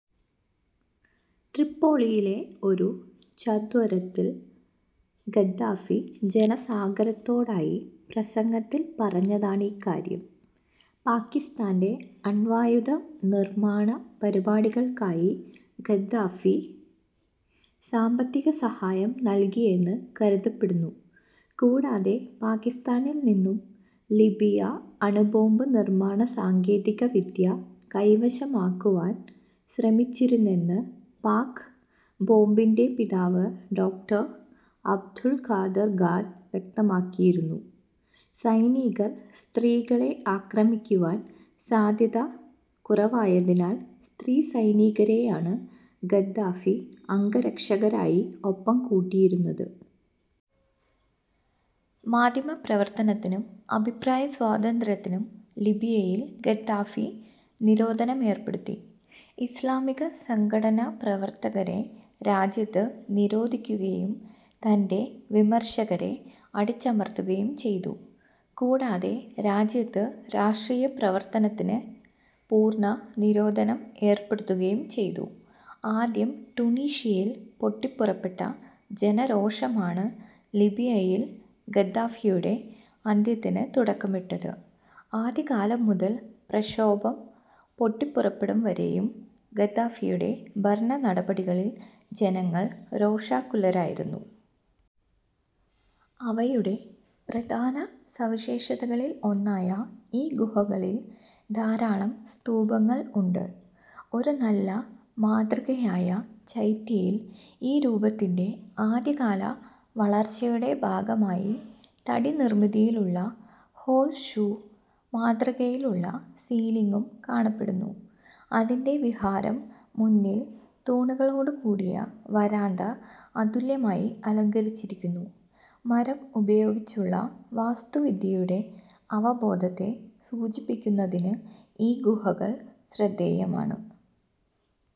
ട്രിപ്പോളിയിലെ ഒരു ചത്വരത്തിൽ ഗദ്ദാഫി ജനസാഗരത്തോടായി പ്രസംഗത്തിൽ പറഞ്ഞതാണിക്കാര്യം. പാകിസ്താന്റെ അണ്വായുധനിർമ്മാണ പരിപാടികൾക്കായി ഗദ്ദാഫി സാമ്പത്തിക സഹായം നൽകിയെന്നു കരുതപ്പെടുന്നു. കൂടാതെ പാകിസ്താനിൽ നിന്നും ലിബിയ അണുബോംബ് നിർമ്മാണ സാങ്കേതികവിദ്യ കൈവശമാക്കുവാൻ ശ്രമിച്ചിരുന്നെന്ന് പാക്ക് ബോംബിന്റെ പിതാവ് ഡോ. അബ്ദുൽ ഖാദിർ ഖാൻ വ്യക്തമാക്കിയിരുന്നു. സൈനികർ സ്ത്രീകളെ ആക്രമിക്കുവാൻ സാധ്യത കുറവായതിനാൽ സ്ത്രീസൈനികരെയാണ് ഗദ്ദാഫി അംഗരക്ഷകരായി ഒപ്പം കൂട്ടിയിരുന്നത്. മാധ്യമപ്രവർത്തനത്തിനും അഭിപ്രായസ്വാതന്ത്ര്യത്തിനും ലിബിയയിൽ ഗദ്ദാഫി നിരോധനമേർപ്പെടുത്തി. ഇസ്ലാമിക സംഘടനാപ്രവർത്തകരെ രാജ്യത്ത് നിരോധിക്കുകയും തന്റെ വിമർശകരെ അടിച്ചമർത്തുകയും ചെയ്തു. കൂടാതെ രാജ്യത്ത് രാഷ്ട്രീയപ്രവർത്തനത്തിനു പൂർണ്ണ നിരോധനം ഏർപ്പെടുത്തുകയും ചെയ്തു. ആദ്യം ടുണീഷ്യയിൽ പൊട്ടിപ്പുറപ്പെട്ട ജനരോഷമാണ് ലിബിയയിൽ ഗദ്ദാഫിയുടെ അന്ത്യത്തിനു തുടക്കമിട്ടത്. ആദ്യകാലം മുതൽ പ്രഷോഭം പൊട്ടിപ്പുറപ്പെടും വരെയും ഗദ്ദാഫിയുടെ ഭരണനടപടികളിൽ ജനങ്ങൾ രോഷാകുലരായിരുന്നു. അവയുടെ പ്രധാന സവിശേഷതകളിൽ ഒന്നായ ഈ ഗുഹകളിൽ ധാരാളം സ്തൂപങ്ങൾ ഉണ്ട്. ഒരു നല്ല മാതൃകയായ ചൈത്യയിൽ ഈ രൂപത്തിന്റെ ആദ്യകാല വളർച്ചയുടെ ഭാഗമായി തടി നിർമ്മിതിയിലുള്ള ഹോഴ്സ്ഷൂ മാതൃകയിലുള്ള സീലിംഗും കാണപ്പെടുന്നു. അതിന്റെ വിഹാരം മുന്നിൽ തൂണുകളോടുകൂടിയ വരാന്ത അതുല്യമായി അലങ്കരിച്ചിരിക്കുന്നു. മരം ഉപയോഗിച്ചുള്ള വാസ്തുവിദ്യയുടെ അവബോധത്തെ സൂചിപ്പിക്കുന്നതിന് ഈ ഗുഹകൾ ശ്രദ്ധേയമാണ്.